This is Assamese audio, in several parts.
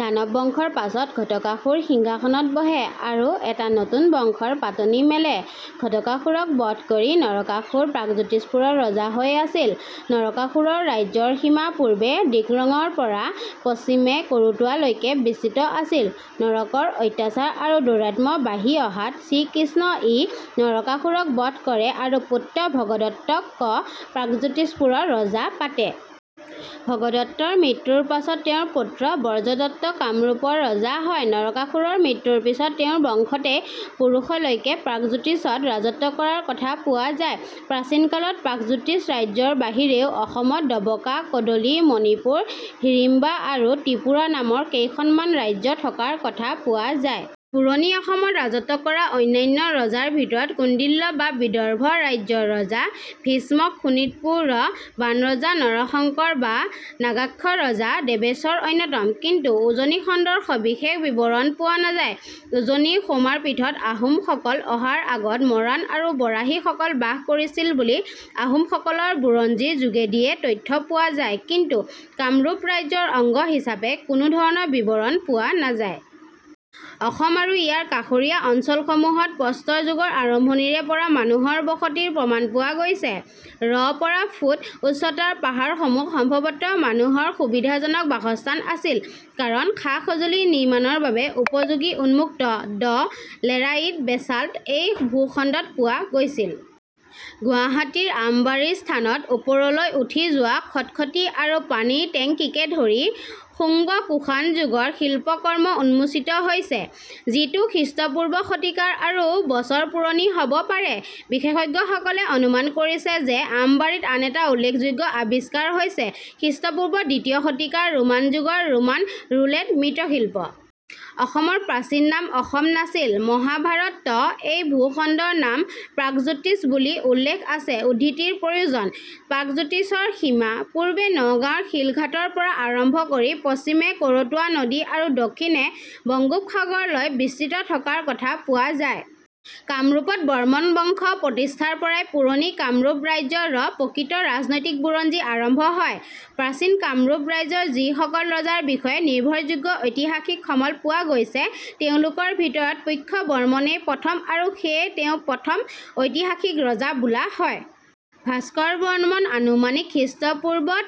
দানৱ বংশৰ পাছত ঘটকাসুৰ সিংহাসনত বহে আৰু এটা নতুন বংশৰ পাতনি মেলে। ঘটকাসুৰক বধ কৰি নৰকাসুৰ প্ৰাগজ্যোতিষপুৰৰ ৰজা হৈ আছিল। নৰকাসুৰৰ ৰাজ্যৰ সীমা পূ্ৱে ডিক্ৰঙৰ পৰা পশ্চিমে কৰতোৱালৈকে বিস্তৃত আছিল। নৰকৰ অত্যাচাৰ আৰু দৌৰাত্ম্য বাঢ়ি অহাত শ্ৰীকৃষ্ণ ই নৰকাসুৰক বধ কৰে আৰু পুত্ৰ ভগদত্ত ক প্ৰাগজ্যোতিষপুৰৰ ৰজা পাতে। ভগদত্তৰ মৃত্যুৰ পাছত তেওঁৰ পুত্ৰ বজ্ৰদত্ত কামৰূপৰ ৰজা হয়। নৰকাসুৰৰ মৃত্যুৰ পিছত তেওঁৰ বংশতেই পুৰুষলৈকে প্ৰাগজ্যোতিষত ৰাজত্ব কৰাৰ কথা পোৱা যায়। প্ৰাচীন কালত প্ৰাগজ্যোতিষ ৰাজ্যৰ বাহিৰেও অসমত ডবকা, কদলি, মণিপুৰ, হিড়িম্বা আৰু ত্ৰিপুৰা নামৰ কেইখনমান ৰাজ্য থকাৰ কথা পোৱা যায়। পুৰণি অসমত ৰাজত্ব কৰা অন্যান্য ৰজাৰ ভিতৰত কুণ্ডিল্য বা বিদৰ্ভ ৰাজ্যৰ ৰজা ভীষ্মক, শোণিতপুৰ ৰ বাণৰজা, নৰশংকৰ বা নাগাক্ষ ৰজা, দেৱেশ্বৰ অন্যতম। কিন্তু উজনি খণ্ডৰ সবিশেষ বিৱৰণ পোৱা নাযায়। উজনিৰ সৌমাৰপীঠত আহোম সকল অহাৰ আগত মৰাণ আৰু বৰাহী সকল বাস কৰিছিল বুলি আহোম সকলৰ বুৰঞ্জীৰ যোগেদিয়ে তথ্য পোৱা যায় কিন্তু কামৰূপ ৰাজ্যৰ অংগ হিচাপে কোনোধৰণৰ বিৱৰণ পোৱা নাযায়। অসম আৰু ইয়াৰ কাষৰীয়া অঞ্চলসমূহত প্ৰস্তৰ যুগৰ আৰম্ভণিৰে পৰা মানুহৰ বসতিৰ প্ৰমাণ পোৱা গৈছে। ৰ পৰা ফুট উচ্চতাৰ পাহাৰসমূহ সম্ভৱতঃ মানুহৰ সুবিধাজনক বাসস্থান আছিল, কাৰণ সা-সঁজুলি নিৰ্মাণৰ বাবে উপযোগী উন্মুক্ত ড'লেৰাইট বেছাল্ট এই ভূখণ্ডত পোৱা গৈছিল। গুৱাহাটীৰ আমবাৰী স্থানত ওপৰলৈ উঠি যোৱা খটখটী আৰু পানীৰ টেংকিকে ধৰি শুংগ-কুশান যুগৰ শিল্পকৰ্ম উন্মোচিত হৈছে, যিটো খ্ৰীষ্টপূৰ্ব শতিকাৰ আৰু বছৰ পুৰণি হ'ব পাৰে। বিশেষজ্ঞসকলে অনুমান কৰিছে যে, আমবাৰীত আন এটা উল্লেখযোগ্য আৱিষ্কাৰ হৈছে খ্ৰীষ্টপূৰ্ব দ্বিতীয় শতিকাৰ ৰোমান যুগৰ ৰোমান ৰুলেট মৃৎশিল্প। অসমৰ প্ৰাচীন নাম অসম নাছিল। মহাভাৰত ত এই ভূখণ্ডৰ নাম প্ৰাগজ্যোতিষ বুলি উল্লেখ আছে উদ্ধৃতিৰ প্ৰয়োজন। প্ৰাগজ্যোতিষৰ সীমা পূবে নগাঁৱৰ শিলঘাটৰ পৰা আৰম্ভ কৰি পশ্চিমে কৰতোৱা নদী আৰু দক্ষিণে বংগোপসাগৰ লৈ বিস্তৃত থকাৰ কথা পোৱা যায়। কামৰূপত বৰ্মন বংশ প্ৰতিষ্ঠাৰ পৰাই পুৰণি কামৰূপ ৰাজ্য ৰ প্ৰকৃত ৰাজনৈতিক বুৰঞ্জী আৰম্ভ হয়। প্ৰাচীন কামৰূপ ৰাজ্যৰ যিসকল ৰজাৰ বিষয়ে নিৰ্ভৰযোগ্য ঐতিহাসিক সমল পোৱা গৈছে তেওঁলোকৰ ভিতৰত পুষ্য বৰ্মনেই প্ৰথম আৰু সেয়ে তেওঁ প্ৰথম ঐতিহাসিক ৰজা বোলা হয়। ভাস্কৰ বৰ্মন আনুমানিক - খ্ৰী.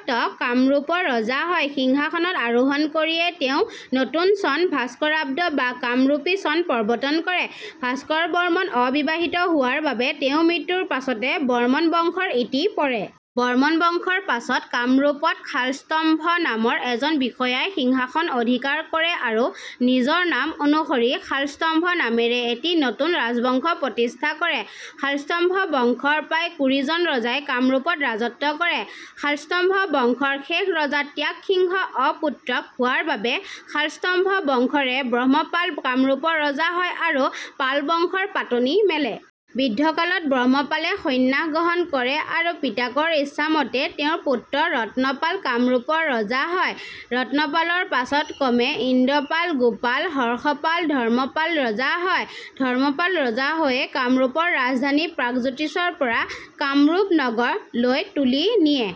ত কামৰূপৰ ৰজা হয়। সিংহাসনত আৰোহণ কৰিয়েই তেওঁ নতুন চন ভাস্কৰাব্দ বা কামৰূপী চন প্ৰৱৰ্তন কৰে। ভাস্কৰ বৰ্মন অবিবাহিত হোৱাৰ বাবে তেওঁৰ মৃত্যুৰ পাছতে বৰ্মন বংশৰ ইতি পৰে। বৰ্মন বংশৰ পাছত কামৰূপত শালস্তম্ভ নামৰ এজন বিষয়াই সিংহাসন অধিকাৰ কৰে আৰু নিজৰ নাম অনুসৰি "শালস্তম্ভ" নামেৰে এটি নতুন ৰাজবংশ প্ৰতিষ্ঠা কৰে। শালস্তম্ভ বংশৰ প্ৰায় কুৰিজন ৰজাই কামৰূপত ৰাজত্ব কৰে। শালস্তম্ভ বংশৰ শেষ ৰজা ত্যাগ সিংহ অপুত্ৰক হোৱাৰ বাবে শালস্তম্ভ বংশৰে ব্ৰহ্মপাল কামৰূপৰ ৰজা হয় আৰু পালবংশ ৰ পাতনি মেলে। বৃদ্ধকালত ব্ৰহ্মপালে সন্ন্যাস গ্ৰহণ কৰে আৰু পিতাকৰ ইচ্ছামতে তেওঁৰ পুত্ৰ ৰত্নপাল কামৰূপৰ ৰজা হয়। ৰত্নপালৰ পাছত ক্ৰমে ইন্দ্ৰপাল, গোপাল, হৰ্ষপাল, ধৰ্মপাল ৰজা হয়। ধৰ্মপাল ৰজা হৈয়ে কামৰূপৰ ৰাজধানী প্ৰাগজ্যোতিষৰ পৰা 'কামৰূপ নগৰ'লৈ তুলি নিয়ে।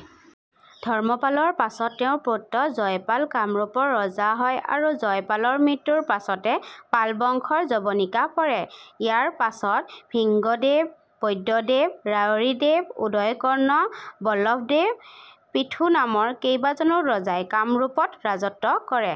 ধৰ্মপালৰ পাছত তেওঁৰ পুত্ৰ জয়পাল কামৰূপৰ ৰজা হয় আৰু জয়পালৰ মৃত্যুৰ পাছতে পালবংশৰ যৱনিকা পৰে। ইয়াৰ পাছত ভিংগদেৱ, বৈদ্যদেৱ, ৰায়ৰীদেৱ, উদয় কৰ্ণ, বল্লভদেৱ, পৃথু নামৰ কেইবাজনো ৰজাই কামৰূপত ৰাজত্ব কৰে।